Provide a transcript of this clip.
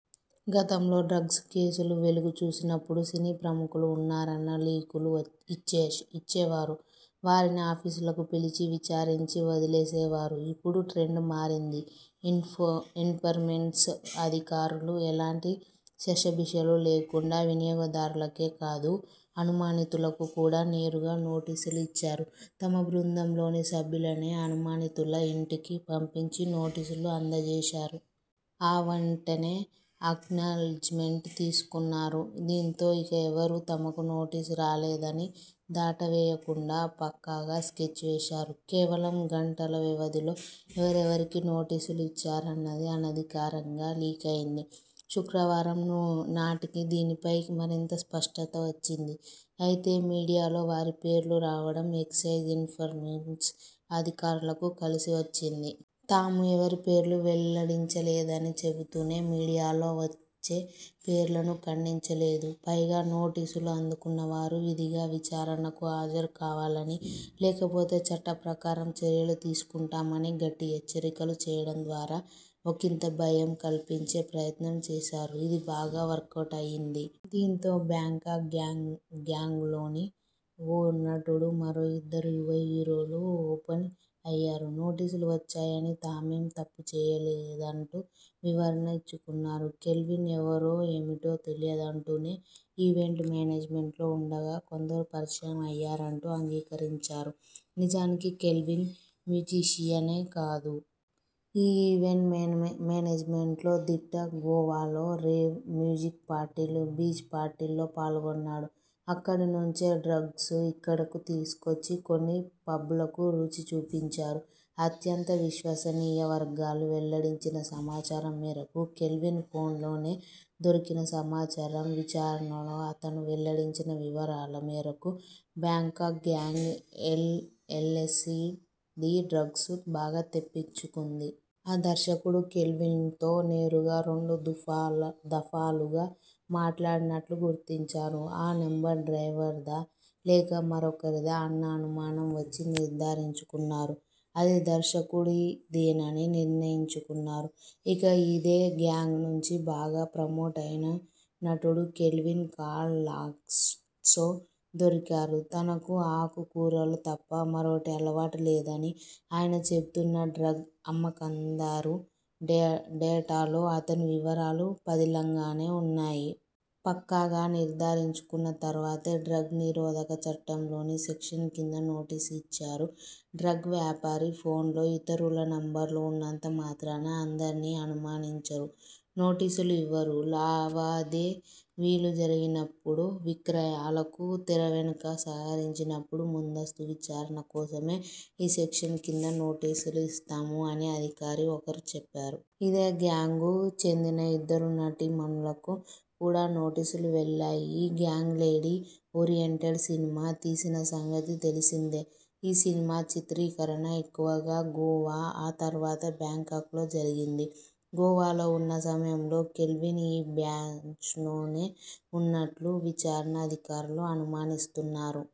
గతంలో డ్రగ్స్ కేసులు వెలుగు చూసినప్పుడు సినీ ప్రముఖులు ఉన్నారన్న లీకులు ఇచ్చేవారు. వారిని ఆఫీసులకు పిలిచి విచారించి వదిలేసేవారు. ఇప్పుడు ట్రెండ్ మారింది. ఎన్ఫోర్స్మెంట్ అధికారులు ఎలాంటి శషబిషలు లేకుండా వినియోగదారులకే కాదు అనుమానితులకు కూడా నేరుగా నోటీసులు ఇచ్చారు. తమ బృందంలోని సభ్యులనే అనుమానితుల ఇంటికి పంపించి నోటీసులు అందజేశారు. ఆ వెంటనే అక్నాలెడ్జ్మెంట్ తీసుకున్నారు. దీంతో ఇక ఎవరూ తమకు నోటీసు రాలేదని దాటవేయకుండా పక్కాగా స్కెచ్ వేశారు. కేవలం గంటల వ్యవధిలో ఎవరెవరికి నోటీసులు ఇచ్చారన్నది అనధికారంగా లీకయింది. శుక్రవారం నాటికి దీనిపై మరింత స్పష్టత వచ్చింది. అయితే, మీడియాలో వారి పేర్లు రావడం ఎక్సైజ్ ఎన్ఫోర్స్మెంట్ అధికారులకు కలిసి వచ్చింది. తాము ఎవరి పేర్లు వెల్లడించలేదని చెబుతూనే మీడియాలో వచ్చే పేర్లను ఖండించలేదు. పైగా, నోటీసులు అందుకున్న వారు విధిగా విచారణకు హాజరు కావాలని, లేకపోతే చట్టప్రకారం చర్యలు తీసుకుంటామని గట్టి హెచ్చరికలు చేయడం ద్వారా ఒకింత భయం కల్పించే ప్రయత్నం చేశారు. ఇది బాగా వర్కవుట్ అయింది. దీంతో బ్యాంకాక్ గ్యాంగ్లోని ఓ నటుడు, మరో ఇద్దరు యువ హీరోలు ఓపెన్ అయ్యారు. నోటీసులు వచ్చాయని, తామేం తప్పు చేయలేదంటూ వివరణ ఇచ్చుకున్నారు. కెల్విన్ ఎవరో ఏమిటో తెలియదంటూనే ఈవెంట్ మేనేజ్మెంట్లో ఉండగా కొందరు పరిచయం అయ్యారంటూ అంగీకరించారు. నిజానికి, కెల్విన్ మ్యుజీషియనే కాదు. ఈవెంట్ మేనేజ్మెంట్లో దిట్ట. గోవాలో రేవ్, మ్యుజిక్ పార్టీలు, బీచ్ పార్టీల్లో పాల్గొన్నాడు. అక్కడి నుంచే డ్రగ్స్ను ఇక్కడకు తీసుకొచ్చి కొన్ని పబ్లకు రుచి చూపించారు. అత్యంత విశ్వసనీయ వర్గాలు వెల్లడించిన సమాచారం మేరకు కెల్విన్ ఫోన్లో దొరికిన సమాచారం, విచారణలో అతను వెల్లడించిన వివరాల మేరకు బ్యాంకాక్ గ్యాంగ్ ఎల్ఎ్సడీ డ్రగ్స్ను బాగా తెప్పించుకుంది. ఆ దర్శకుడు కెల్విన్తో నేరుగా రెండు దఫాలుగా మాట్లాడినట్లు గుర్తించారు. ఆ నంబర్ డ్రైవర్దా? లేక మరొకరిదా అన్న అనుమానం వచ్చి నిర్ధారించుకున్నారు. అది దర్శకుడిదేనని నిర్ణయంచుకున్నారు. ఇక, ఇదే గ్యాంగ్ నుంచి బాగా ప్రమోట్ అయిన నటుడు కెల్విన్ కాల్ లాగ్స్లో దొరికారు. తనకు ఆకు కూరలు తప్ప మరోటి అలవాటు లేదని ఆయన చెబుతున్నా డ్రగ్ అమ్మకందారు డేటాలో అతని వివరాలు పదిలంగానే ఉన్నాయి. పక్కాగా నిర్ధారించుకున్న తర్వాతే డ్రగ్ నిరోధక చట్టంలోని సెక్షన్ కింద నోటీసు ఇచ్చారు. ''డ్రగ్ వ్యాపారి ఫోన్లో ఇతరుల నంబర్లు ఉన్నంత మాత్రాన అందరినీ అనుమానించరు. నోటీసులు ఇవ్వరు. లావాదే వీలు జరిగినప్పుడు, విక్రయాలకు తెర వెనుక సహకరించినప్పుడు ముందస్తు విచారణ కోసమే ఈ సెక్షన్ కింద నోటీసులు ఇస్తాం'' అని అధికారి ఒకరు చెప్పారు. ఇదే గ్యాంగ్కు చెందిన ఇద్దరు నటీమణులకు కూడా నోటీసులు వెళ్లాయి. ఈ గ్యాంగ్ లేడీ ఓరియంటెడ్ సినిమా తీసిన సంగతి తెలిసిందే. ఈ సినిమా చిత్రీకరణ ఎక్కువగా గోవా, ఆ తర్వాత బ్యాంకాక్లో జరిగింది. గోవాలో ఉన్న సమయంలో కెల్విన్ ఈ బ్యాచ్తోనే ఉన్నట్లు విచారణ అధికారులు అనుమానిస్తున్నారు.